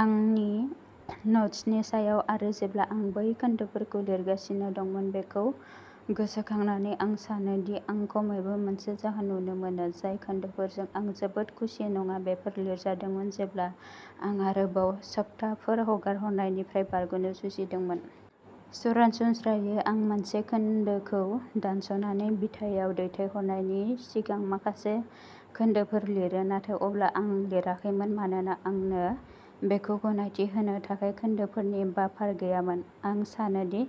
आंनि न'ट्सनि सायाव आरो जेब्ला आं बै खोन्दोफोरखौ लिरगासिनो दंमोन बेखौ गोसोखांनानै आं सानो दि आं खमैबो मोनसे जाहोन नुनो मोनो। जाय खोन्दोफोरजों आं जोबोद खुसि नङा बेफोर लिरजादोंमोन जेब्ला आं आरोबाव सप्ताफोर हगारनायनिफ्राय बारग'नो जुजिदोंमोन। सरासनस्रायै आं मोनसे खोन्दोखौ दानस'नानै बिटायाव दैथायहरनायनि सिगां माखासे खोन्दोफोर लिरो नाथाय अब्ला आं लिराखैमोन, मानोना आंनो बेखौ गनायथि होनो थाखाय खोन्दोफोरनि बाफार गैयामोन। आं सानो दि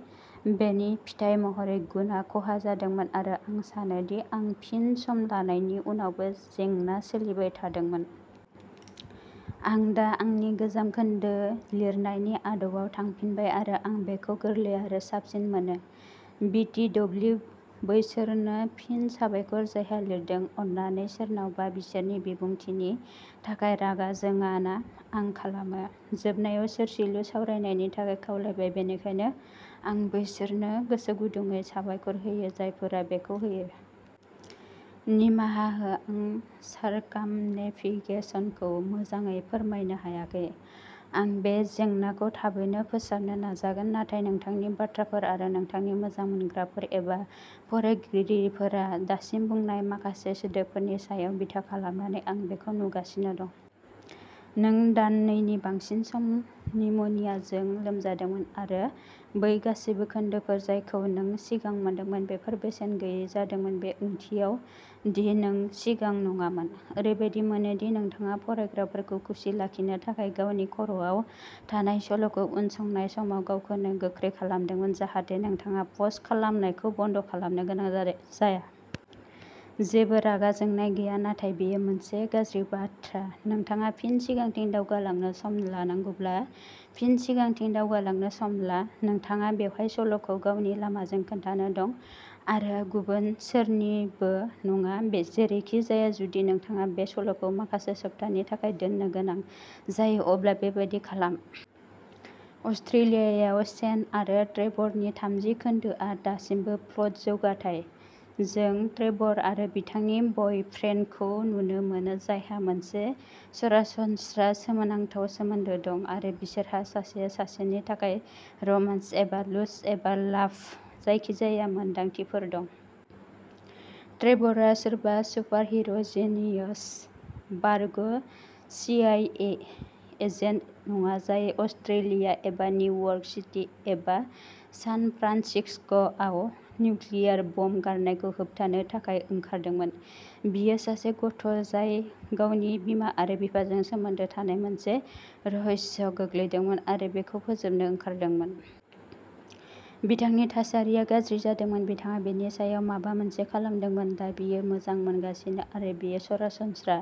बेनि फिथाय महरै गुनआ खहा जादोंमोन आरो आं सानो दि आं फिन सम लानायनि उनावबो जेंना सोलिबाय थादोंमोन। आं दा आंनि गोजाम खोन्दो लिरनायनि आदबआव थांफिनबाय आरो आं बेखौ गोरलै आरो साबसिन मोनो। बि ति दब्लिउ बैसोरनो फिन साबायखर जायहा लिरदों। अन्नानै सोरनावबा बिसोरनि बिबुंथिनि थाखाय रागा जोंनाङा आं खालामो। जोबनायाव सोरजिलु सावरायनायनि थाखाय खावलायबाय बेनिखायनो आं बैसोरनो गोसोगुदुंयै साबायखर होयो जायफोरा बेखौ होयो। निमाहा हो आं सारकामनेभिगेसनखौ मोजाङै फोरमायनो हायाखै। आं बे जेंनाखौ थाबैनो फोसाबनो नाजागोन। नाथाय नोंथांनि बाथ्राफोर आरो नोंथांनि मोजां मोनग्राफोर एबा फरायगिरिफोरा दासिम बुंनाय माखासे सोदोबफोरनि सायाव बिथा खालामनानै आं बेखौ नुगासिनो दं। नों दाननैनि बांसिन सम निउमनियाजों लोमजादोंमोन आरो बै गासैबो खोन्दोफोर जायखौ नों सिगां मोनदोंमोन बेफोर बेसेन गैयै जादोंमोन बे ओंथियाव दि नों सिगां नङामोन। ओरैबादि मोनो दि नोंथाङा फरायग्राफोरखौ खुसि लाखिनो थाखाय गावनि खर'आव थानाय सल'खौ उनसंनाय समाव गावखौनो गोख्रै खालामदोंमोन जाहाथे नोंथाङा पस्ट खालामनायखौ बन्द खालामनो गोनां जादो जाया। जेबो रागा जोंनाय गैया नाथाय बेयो मोनसे गाज्रि बाथ्रा। नोंथाङा फिन सिगांथिं दावगालांनो सम लानांगौब्ला फिन सिगांथिं दावगालांनो सम ला। नोंथाङा बेवहाय सल'खौ गावनि लामाजों खोन्थानो दं आरो गुबुन सोरनिबो नङा। जेरैखिजाया। जुदि नोंथाङा बे सल'खौ माखासे सप्तानि थाखाय दोननो गोनां जायो अब्ला बेबादि खालाम। अस्ट्रेलियायाव शेन आरो ट्रेवरनि थामजि खोन्दोआ दासिमबो प्लट जौगाथाय। जों ट्रेवर आरो बिथांनि बयफ्रेन्डखौ नुनो मोनो जायहा मोनसे सरासनस्रा सोमोनांथाव सोमोन्दो दं आरो बिसोरहा सासेया सासेनि थाखाय रमान्स एबा लुस्ट एबा लाभ जायखिजाया मोन्दांथिफोर दं। ट्रेवरआ सोरबा सुपारहिर'जिनियस बारग'सीआईए एजेन्ट नङा जाय अस्ट्रेलिया एबा निउयर्क सिटी एबा सान फ्रान्सिस्क'आव निउक्लियार बम गारनायखौ होबथानो थाखाय ओंखारदोंमोन। बियो सासे गथ'जाय गावनि बिमा आरो बिफाजों सोमोन्दो थानाय मोनसे रहस्यआव गोग्लैदोंमोन आरो बेखौ फोजोबनो ओंखारदोंमोन। बिथांनि थासारिया गाज्रि जादोंमोन, बिथाङा बेनि सायाव माबा मोनसे खालामदोंमोन। दा बियो मोजां मोनगासिनो, आरो बेयो सरासनस्रा।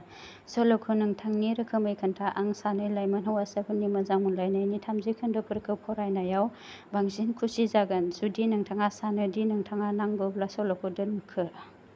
सल'खौ नोंथांनि रोखोमै खोन्था। आं सानै लाइमोन हौवासाफोरनि मोजां मोनलायनायनि थामजि खोन्दोफोरखौ फरायनायाव बांसिन खुसि जागोन। जुदि नोंथाङा सानो दि नोंथाङा नांगौब्ला सल'खौ दोनखो।